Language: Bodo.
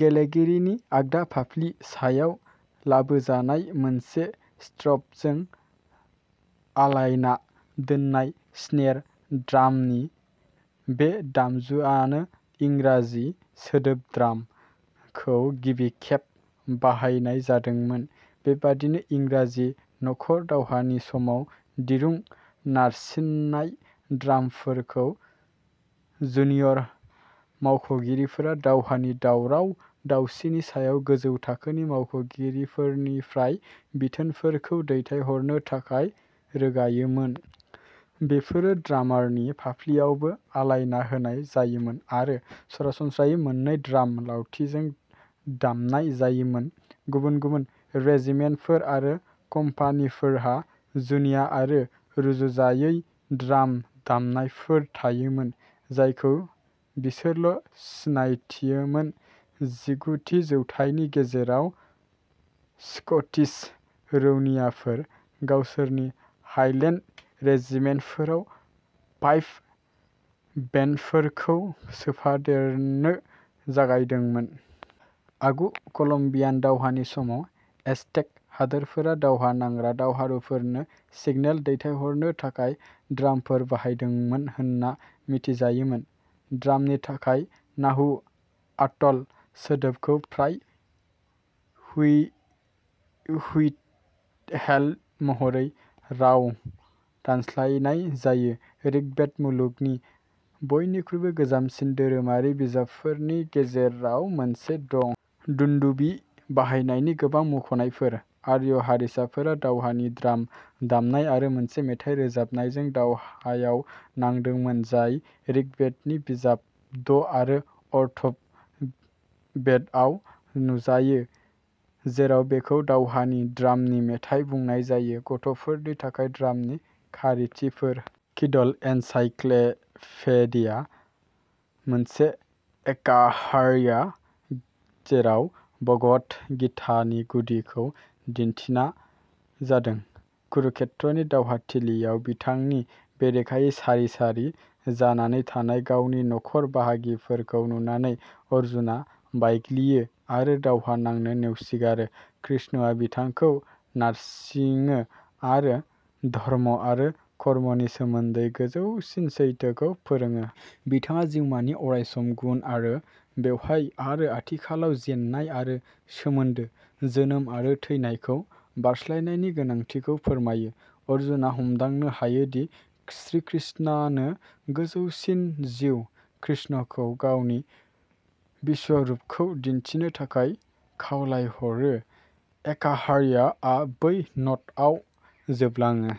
गेलेगिरिनि आगदा फाफ्लि सायाव लाबोजानाय, मोनसे स्ट्रपजों आलायना दोननाय स्नेर ड्रामनि। बे दामजुआनो इंराजि सोदोब "ड्राम" खौ गिबि खेब बाहायनाय जादोंमोन। बेबादिनो, इंराजि न'खर दावहानि समाव दिरुं नारसिननाय ड्रामफोरखौ जुनियर मावख'गिरिफोरा दावहानि दावराव दावसिनि सायाव गोजौ थाखोनि मावख'गिरिफोरनिफ्राय बिथोनफोरखौ दैथायहरनो थाखाय रोगायोमोन। बेफोरो ड्रामारनि फाफ्लिआवबो आलायना होनाय जायोमोन आरो सरासनस्रायै मोननै ड्राम लावथिजों दामनाय जायोमोन। गुबुन गुबुन रेजिमेन्टफोर आरो कम्पानिफोरहा जुनिया आरो रुजुजायै ड्राम दामनायफोर थायोमोन, जायखौ बिसोरल' सिनायथियोमोन। जिगुथि जौथाइनि गेजेराव, स्कटिस रौनियाफोर गावसोरनि हाइलेन्ड रेजिमेन्टफोराव पाइप बेन्डफोरखौ सोफादेरनो जागायदोंमोन। आगु कलम्बियान दावहानि समाव, एजटेक हादोरफोरा दावहा नांग्रा दावहारुफोरनो सिगनेल दैथायहरनो थाखाय ड्रामफोर बाहायदोंमोन होनना मिथिजायोमोन। ड्रामनि थाखाय नाहुआतल सोदोबखौ फ्राय हुइ हुइडहेल महरै राव दानस्लायनाय जायो। ऋग्वेद, मुलुगनि बयनिख्रुइबो गोजामसिन धोरोमारि बिजाबफोरनि गेजेराव मोनसे, दं। दुन्धुबि बाहायनायनि गोबां मुख'नायफोर। आर्य हारिसाफोरा दावहानि द्राम दामनाय आरो मोनसे मेथाइ रोजाबनायजों दावहायाव नांदोंमोन, जाय ऋग्वेदनि बिजाब द' आरो अथर्व बेदआव नुजायो, जेराव बेखौ "दावहानि द्रामनि मेथाइ" बुंनाय जायो। गथ'फोरनि थाखाय द्रामनि खारिथिफोर। किडल एनसाइक्लपेडिया। मोनसे एकाहार्या जेराव भगद गीतानि गुदिखौ दिन्थिना जादों। कुरुक्षेत्रनि दावहाथिलियाव बिथांनि बेरेखायै सारि सारि जानानै थानाय गावनि न'खर बाहागिफोरखौ नुनानै, अर्जुनआ बायग्लियो आरो दावहा नांनो नेवसिगारो। कृष्णआ बिथांखौ नारसिङो आरो धर्म आरो कर्मनि सोमोन्दै गोजौसिन सैथोखौ फोरोङो। बिथाङा जिउमानि अरायसम गुन आरो बेवहाय आरो आथिखालाव जेन्नाय आरो सोमोनदो, जोनोम आरो थैनायखौ बारस्लायनायनि गोनांथिखौ फोरमायो। अर्जुनआ हमदांनो हायोदि श्रीकृष्णानो गोजौसिन जिउ, कृष्णखौ गावनि विश्वरूपखौ दिन्थिनो थाखाय खावलायहरो। एकाहार्याआ बै न'टआव जोबलाङो।